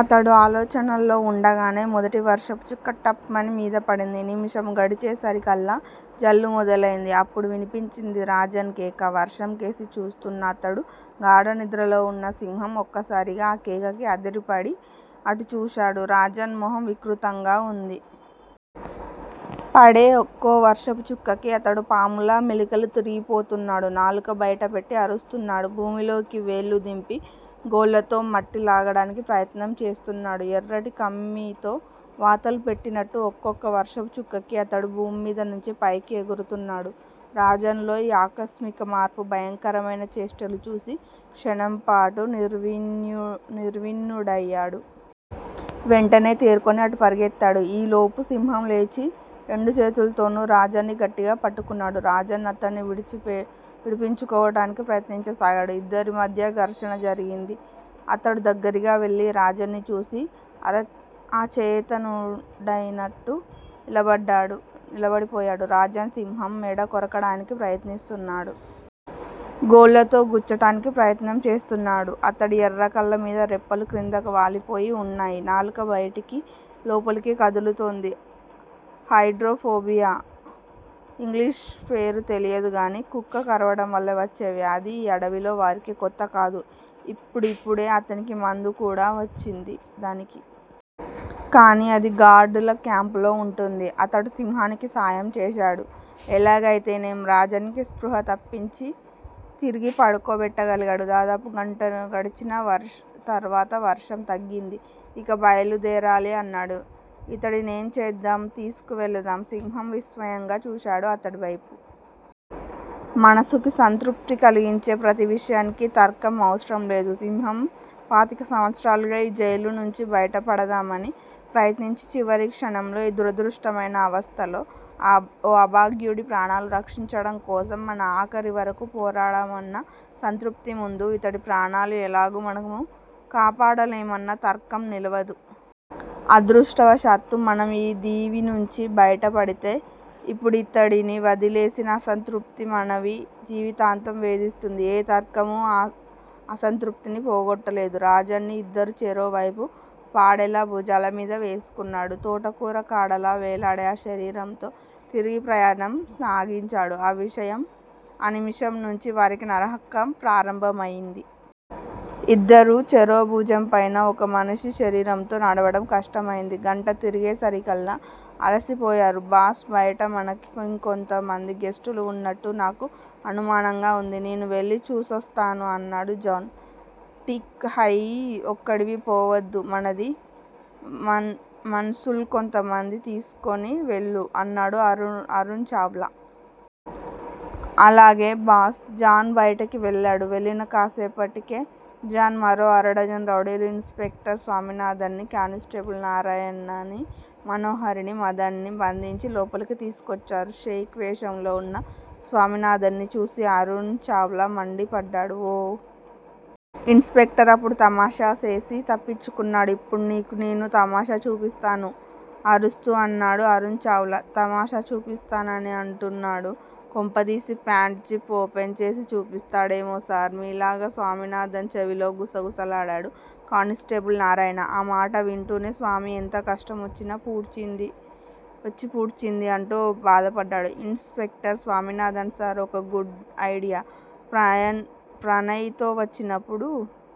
అతడు ఆలోచనల్లో వుండగానే మొదటి వర్షపు చుక్క టప్ మని మీద పడింది. నిముషం గడిచేసరికల్లా జల్లు మొదలైంది. అప్పుడు వినిపించింది రాజన్ కేక! వర్షంకేసి చూస్తూన్న అతడూ, గాఢనిద్రలో వున్న సింహం ఒక్కసారిగా ఆ కేకకి అదిరిపడి అటు చూశారు. రాజన్ మొహం వికృతంగా వుంది. పడే ఒక్కొ వర్షపు చుక్కకి అతడు పాములా మెలికలుతిరిగిపోతున్నాడు. నాలుకబయటపెట్టి అరుస్తున్నాడు. భూమిలోకి వేళ్ళు దింపి, గోళ్ళతో మట్టి లాగటానికి ప్రయత్నం చేస్తున్నాడు. ఎర్రటి కమ్మీతో వాతలు పెట్టినట్టు ఒక్కొక్క వర్షపు చుక్కకి అతడు భూమ్మీద నుంచి పైకి ఎగురుతున్నాడు. రాజన్ లో ఈ ఆకస్మిక మార్పు, భయంకరమైన చేష్టలుచూసి క్షణంపాటు నిర్విణ్ణుడయ్యాడు. వెంటనే తేరుకుని అటు పరుగెత్తాడు. ఈ లోపులో సింహం లేచి రెండు చేతుల్తోనూ రాజన్ ని గట్టిగా పట్టుకున్నాడు. రాజన్ అతడిని విడిపించుకోవటానికి ప్రయత్నించసాగాడు. ఇద్దరి మధ్యా ఘర్షణ జరిగింది. అతడు దగ్గరగా వెళ్ళి రాజన్ ని చూసి అచేతనుడయినట్టు నిలబడి పోయాడు. రాజన్ సింహం మెడ కొరకడానికి ప్రయత్నిస్తున్నాడు. గోళ్ళతో గుచ్చటానికి ప్రయత్నం చేస్తున్నాడు. అతడి ఎర్రకళ్ళమీద రెప్పలు క్రిందికి వాలిపోయి వున్నాయి. నాలుక బయటికీ, లోపలికీ కదులుతోంది. Hydrophobia! English పేరు తెలీయదుగానీ, కుక్క కరవటంపట్ల వచ్చే వ్యాధి ఆ అడవిలో వారికి కొత్తకాదు. ఇప్పుడిప్పుడే దానికి మందు కూడా వచ్చింది. కానీ అది గార్డ్ ల క్యాంపులో వుంటుంది. అతడు సింహానికి సాయం చేశాడు. ఎలాగయితేనేం రాజన్ కి స్పృహ తప్పించి తిరిగి పడుకోబెట్టగలిగాడు. దాదాపు గంట గడిచిన తరువాత వర్షం తగ్గింది. ఇక బయలు దేరాలి అన్నాడు. ఇతడినేం చేద్దాం? తీసుకు వెళదాం. సింహం విస్మయంగా చూశాడు అతడివైపు. మనసుకి సంతృప్తి కలిగించే ప్రతి విషయానికీ తర్కం అవసరం లేదు సింహం! పాతికసంవత్సరాలుగా ఈ జైలునుంచి బయటపడదామని ప్రయత్నించి, చివరి క్షణంలో ఈ దురదృష్టకరమైన అవస్థలో ఓ అభాగ్యుడి ప్రాణాలు రక్షించటం కోసం మనం ఆఖరి వరకూ పోరాడామన్న సంతృప్తి ముందు- ఇతడి ప్రాణాలు ఎలాగూ మనం కాపాడలేమన్న తర్కం నిలవదు. అదృష్టవశాత్తూ మనం యీ దీవినుంచి బయటపడితే ఇప్పుడితడిని వదిలేసిన అసంతృప్తి మనవి జీవితాంతం వేధిస్తుంది. ఏ తర్కమూ ఆ అసంతృప్తిని పోగొట్టలేదు. రాజన్ ని ఇద్దరూ చెరోవైపూ పాడెలా భుజాలమీద వేసుకున్నారు. తోటకూర కాడలా వేలాడే ఆ శరీరంతో తిరిగి ప్రయాణం సాగించారు. ఆ నిముషం నుంచీ వారికి నరకం ప్రారంభమయింది. ఇద్దరూ చెరో భుజం పైనా ఒక మనిషి శరీరంతో నడవటం కష్టమయింది. గంట తిరిగేసరికల్లా అలిసిపోయారు. బాస్ బయట మనకి ఇంకొంతమంది గెస్టులు వున్నట్టు నాకు అనుమానంగా వుంది. నేను వెళ్ళి చూసొస్తాను అన్నాడు జాన్. ఠీక్ హై ఒక్కడివి పోవద్దు. మనదీ మన్సుల్ కొంతమంది తీస్కోని వెళ్ళు అన్నాడు అరుణ్ చావ్లా. అలాగే బాస్! జాన్ బయటికి వెళ్ళాడు. వెళ్ళిన కాస్సేపటికే జాన్, మరో అరడజను రౌడీలు ఇన్స్ పెక్టర్ స్వామినాథన్ ని, కానిస్టేబుల్ నారాయణనీ, మనోహరినీ, మదన్ నీ బంధించి లోపలికి తీసుకోచ్చారు. షేక్ వేషంలో వున్న స్వామినాథన్ ని చూసి అరుణ్ చావ్లా మండిపడ్డాడు. ఓ! ఇన్స్ పెక్టర్! అప్పుడు తమాషా సేసి తప్పించుకున్నాడు ఇప్పుడు నీకూ నేను తమాషా చూపిస్తాను అరుస్తూ అన్నాడు అరుణ్ చావ్లా. తమాషా చూపిస్తానని అంటున్నాడు. కొంపదీసి ప్యాంట్ జిప్ ఓపెన్ చేసి చూపిస్తాడేమో సార్ మీలాగా స్వామినాథన్ చెవిలో గుస గుసలాడాడు కానిస్టేబుల్ నారాయణ. ఆ మాట వింటూనే స్వామీ ఎంత కష్టం వచ్చి పూడ్చింది అంటూ బాధపడ్డాడు ఇన్స్ పెక్టర్ స్వామినాథన్. సార్! ఒక గుడ్ ఐడియా ప్రణయ్ తో వచ్చినప్పుడు